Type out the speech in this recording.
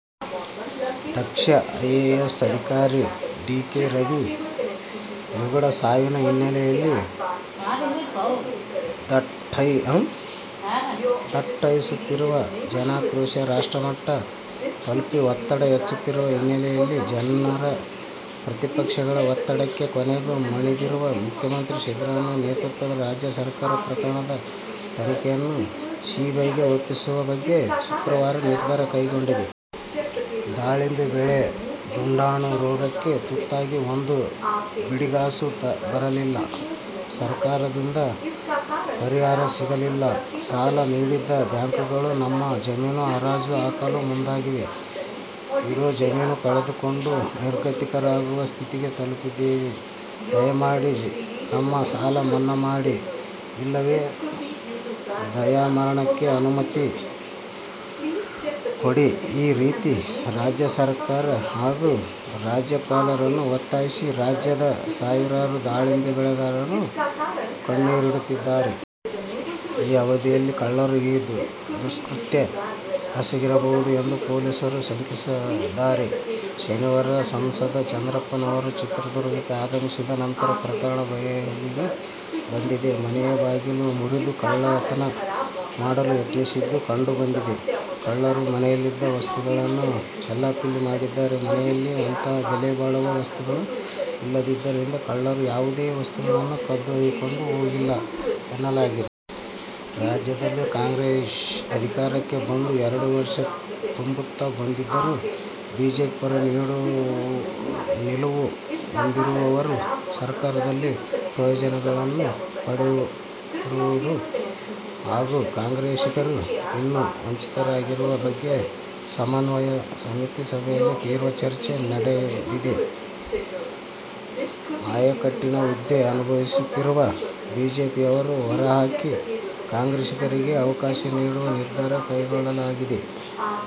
ದಕ್ಷ IAS ಅಧಿಕಾರಿ D. K. Ravi ನಿಗೂಢ ಸಾವಿನ ಹಿನ್ನೆಲೆಯಲ್ಲಿ ದಟ್ಟೈಸುತ್ತಿರುವ ಜನಾಕ್ರೋಶ ರಾಷ್ಟ್ರಮಟ್ಟ ತಲುಪಿ ಒತ್ತಡ ಹೆಚ್ಚುತ್ತಿರುವ ಹಿನ್ನೆಲೆಯಲ್ಲಿ ಜನರ, ಪ್ರತಿಪಕ್ಷಗಳ ಒತ್ತಡಕ್ಕೆ ಕೊನೆಗೂ ಮಣಿದಿರುವ ಮುಖ್ಯಮಂತ್ರಿ ಸಿದ್ದರಾಮಯ್ಯ ನೇತೃತ್ವದ ರಾಜ್ಯ ಸರ್ಕಾರ ಪ್ರಕರಣದ ತನಿಖೆಯನ್ನು ಸಿಬಿಐಗೆ ಒಪ್ಪಿಸುವ ಬಗ್ಗೆ ಶುಕ್ರವಾರ ನಿರ್ಧಾರ ಕೈಗೊಂಡಿದೆ. ದಾಳಿಂಬೆ ಬೆಳೆ "ದುಂಡಾಣು' ರೋಗಕ್ಕೆ ತುತ್ತಾಗಿ ಒಂದು ಬಿಡಿಗಾಸೂ ಬರಲಿಲ್ಲ. ಸರ್ಕಾರದಿಂದಲೂ ಪರಿಹಾರ ಸಿಗಲಿಲ್ಲ. ಸಾಲ ನೀಡಿದ್ದ ಬ್ಯಾಂಕುಗಳು ನಮ್ಮ ಜಮೀನು ಹರಾಜು ಹಾಕಲು ಮುಂದಾಗಿವೆ. ಇರೋ ಜಮೀನು ಕಳೆದುಕೊಂಡು ನಿರ್ಗತಿಕರಾಗುವ ಸ್ಥಿತಿಗೆ ತಲುಪಿದ್ದೇವೆ. ದಯಮಾಡಿ ನಮ್ಮ ಸಾಲ ಮನ್ನಾ ಮಾಡಿ, ಇಲ್ಲವೇ ದಯಾಮರಣಕ್ಕೆ ಅನುಮತಿ ಕೊಡಿಈ ರೀತಿ ರಾಜ್ಯ ಸರ್ಕಾರ ಹಾಗೂ ರಾಜ್ಯಪಾಲರನ್ನು ಒತ್ತಾಯಿಸಿ ರಾಜ್ಯದ ಸಾವಿರಾರು ದಾಳಿಂಬೆ ಬೆಳಗಾರರು ಕಣ್ಣೀರಿಡುತ್ತಿದ್ದಾರೆ. ಈ ಅವಧಿಯಲ್ಲಿ ಕಳ್ಳರು ಈ ದುಷ್ಕೃತ್ಯ ಎಸಗಿರಬಹುದು ಎಂದು ಪೊಲೀಸರು ಶಂಕಿಸಿದ್ದಾರೆ. ಶನಿವಾರ ಸಂಸದ ಚಂದ್ರಪ್ಪನವರು ಚಿತ್ರದುರ್ಗಕ್ಕೆ ಆಗಮಿಸಿದ ನಂತರ ಪ್ರಕರಣ ಬಯಲಿಗೆ ಬಂದಿದೆ. ಮನೆಯ ಬಾಗಿಲು ಮುರಿದು ಕಳ್ಳತನ ಮಾಡಲು ಯತ್ನಿಸಿದ್ದು ಕಂಡು ಬಂದಿದೆ. ಕಳ್ಳರು ಮನೆಯಲ್ಲಿದ್ದ ವಸ್ತುಗಳನ್ನು ಚೆಲ್ಲಾಪಿಲ್ಲಿ ಮಾಡಿದ್ದಾರೆ. ಮನೆಯಲ್ಲಿ ಅಂತಹ ಬೆಲೆ ಬಾಳುವ ವಸ್ತುಗಳು ಇಲ್ಲದ್ದರಿಂದ ಕಳ್ಳರು ಯಾವುದೇ ವಸ್ತುಗಳನ್ನು ಕದ್ದುಕೊಂಡು ಹೋಗಿಲ್ಲ ಎನ್ನಲಾಗಿದೆ. ರಾಜ್ಯದಲ್ಲಿ ಕಾಂಗ್ರೆಸ್ ಅಧಿಕಾರಕ್ಕೆ ಬಂದು ಎರಡು ವರ್ಷ ತುಂಬುತ್ತಾ ಬಂದಿದ್ದರೂ ಬಿಜೆಪಿ ಪರ ನಿಲುವು ಹೊಂದಿರುವವರು ಸರ್ಕಾರದಲ್ಲಿ ಪ್ರಯೋಜನಗಳನ್ನು ಪಡೆಯುತ್ತಿರುವುದು ಹಾಗೂ ಕಾಂಗ್ರೆಸ್ಸಿಗರು ಇನ್ನೂ ವಂಚಿತರಾಗಿರುವ ಬಗ್ಗೆ ಸಮನ್ವಯ ಸಮಿತಿ ಸಭೆಯಲ್ಲಿ ತೀವ್ರ ಚರ್ಚೆ ನಡೆದಿದೆ. ಆಯಕಟ್ಟಿನ ಹುದ್ದೆ ಅನುಭವಿಸುತ್ತಿರುವ ಬಿಜೆಪಿಯವರನ್ನು ಹೊರ ಹಾಕಿ, ಕಾಂಗ್ರೆಸ್ಸಿಗರಿಗೆ ಅವಕಾಶ ನೀಡುವ ನಿರ್ಧಾರ ಕೈಗೊಳ್ಳಲಾಗಿದೆ.